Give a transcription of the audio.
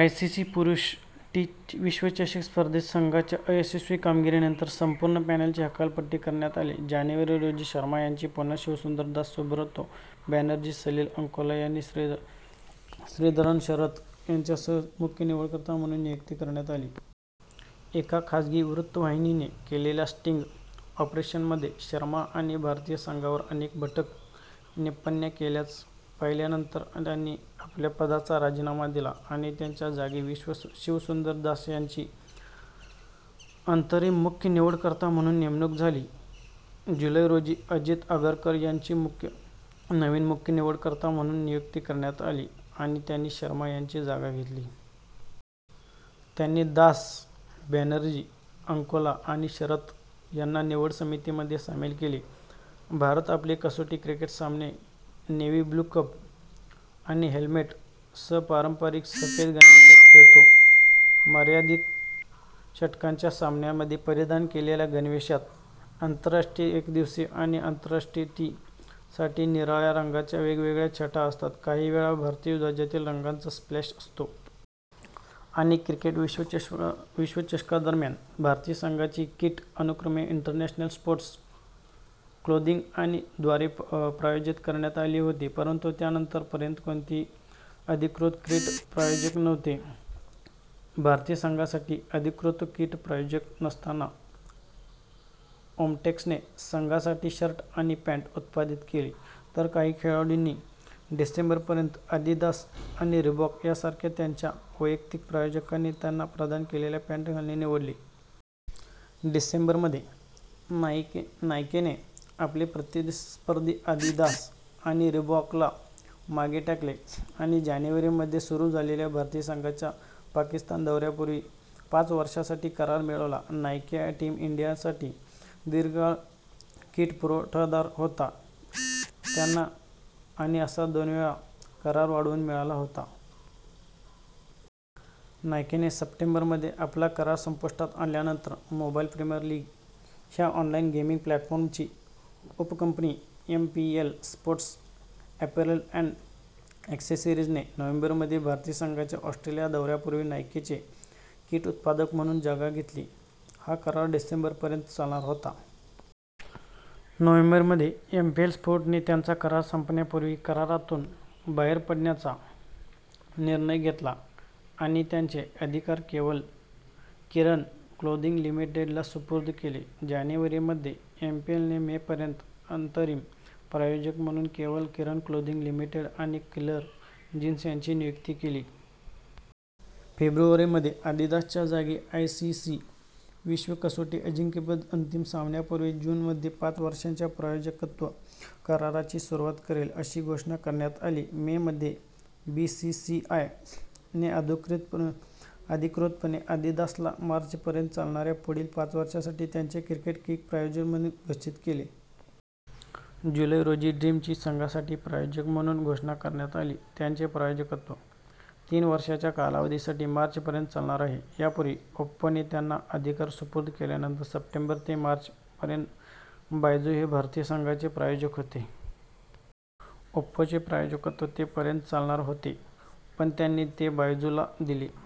ICC पुरुष T विश्वचषक स्पर्धेत संघाच्या अयशस्वी कामगिरीनंतर संपूर्ण पॅनेलची हकालपट्टी करण्यात आली. जानेवारी रोजी, शर्मा यांची पुन्हा शिवसुंदर दास, सुब्रतो बॅनर्जी, सलील अंकोला आणि श्रीधरन शरथ यांच्यासह मुख्य निवडकर्ता म्हणून नियुक्ती करण्यात आली. एका खाजगी वृत्तवाहिनीने केलेल्या स्टिंग ऑपरेशनमध्ये शर्मा यांनी भारतीय संघावर अनेक भडक टिप्पण्या केल्याचं पाहिल्यानंतर त्यांनी आपल्या पदाचा राजीनामा दिला आणि त्यांच्या जागी शिवसुंदर दास ह्यांची अंतरिम मुख्य निवडकर्ता म्हणून नेमणूक झाली. जुलै रोजी, अजित आगरकर यांची नवीन मुख्य निवडकर्ता म्हणून नियुक्ती करण्यात आली आणि त्यांनी शर्मा यांची जागा घेतली. त्यांनी दास, बॅनर्जी, अंकोला आणि शरथ यांना निवड समितीमध्ये सामील केले. भारत आपले कसोटी क्रिकेट सामने नेव्ही ब्लू कॅप आणि हेल्मेट सह पारंपारिक सफेद गणवेशात खेळतो. मर्यादित षटकांच्या सामन्यांमध्ये परिधान केलेल्या गणवेशात आंतरराष्ट्रीय एकदिवसीय आणि आंतरराष्ट्रीय टी साठी निळ्या रंगाच्या वेगवेगळ्या छटा असतात, काहीवेळा भारतीय ध्वजातील रंगांचा स्प्लॅश असतो.। आणि क्रिकेट विश्वचषकादरम्यान, भारतीय संघाची किट अनुक्रमे इंटरनॅशनल स्पोर्ट्स क्लोदिंग आणि द्वारे प्रायोजित करण्यात आली होती, परंतु त्यानंतर पर्यंत कोणतेही अधिकृत किट प्रायोजक नव्हते. भारतीय संघासाठी अधिकृत किट प्रायोजक नसताना, ओमटेक्सने संघासाठी शर्ट आणि पँट उत्पादित केले, तर काही खेळाडूंनी डिसेंबर पर्यंत आदिदास आणि रिबॉक सारख्या त्यांच्या वैयक्तिक प्रायोजकांनी त्यांना प्रदान केलेल्या पँट घालणे निवडले. डिसेंबर मध्ये, नाइकेने आपले प्रतिस्पर्धी आदिदास आणि रिबॉकला मागे टाकले आणि जानेवारी मध्ये सुरू झालेल्या भारतीय संघाच्या पाकिस्तान दौऱ्यापूर्वी पाच वर्षांसाठी करार मिळवला. नाइके टीम इंडियासाठी दीर्घकाळ किट पुरवठादार होता. त्यांना आणि असा दोनवेळा करार वाढवून मिळाला होता. नाइकेने सप्टेंबर मध्ये आपला करार संपुष्टात आणल्यानंतर, मोबाइल प्रीमियर लीग ह्या ऑनलाइन गेमिंग प्लॅटफॉर्मची उपकंपनी एमपीएल स्पोर्ट्स अपेरल अँड ॲक्सेसरीजने नोव्हेंबर मध्ये भारतीय संघाच्या ऑस्ट्रेलिया दौऱ्यापूर्वी नाइकेची किट उत्पादक म्हणून जागा घेतली. हा करार डिसेंबर पर्यंत चालणार होता. नोव्हेंबर मध्ये, एमपीएल स्पोर्ट्सने त्यांचा करार संपण्यापूर्वी करारातून बाहेर पडण्याचा निर्णय घेतला आणि त्यांचे अधिकार केवल किरण क्लोदिंग लिमिटेड ला सुपूर्द केले. जानेवारी मध्ये, एमपीएलने मे पर्यंत अंतरिम प्रायोजक म्हणून केवल किरण क्लोदिंग लिमिटेड आणि किलर जीन्स यांची नियुक्ती केली. फेब्रुवारी मध्ये, आदिदास च्या जागी आयसीसी विश्व कसोटी अजिंक्यपद अंतिम सामन्यापूर्वी जून मध्ये पाच वर्षांच्या प्रायोजकत्व कराराची सुरुवात करेल अशी घोषणा करण्यात आली. मे मध्ये, बीसीसीआय ने अधिकृतपणे आदिदासला मार्च पर्यंत चालणाऱ्या पुढील पाच वर्षांसाठी त्यांचे किट प्रायोजक म्हणून घोषित केले. जुलै रोजी ड्रीम ची संघासाठी प्रायोजक म्हणून घोषणा करण्यात आली. त्यांचे प्रायोजकत्व तीन वर्षांच्या कालावधीसाठी मार्च पर्यंत चालणार आहे. यापूर्वी, ओप्पोने त्यांना अधिकार सुपूर्द केल्यानंतर सप्टेंबर ते मार्च पर्यंत बायजू हे भारतीय संघाचे प्रायोजक होते. ओप्पोचे प्रायोजकत्व ते पर्यंत चालणार होते, पण त्यांनी ते बायजूला दिले.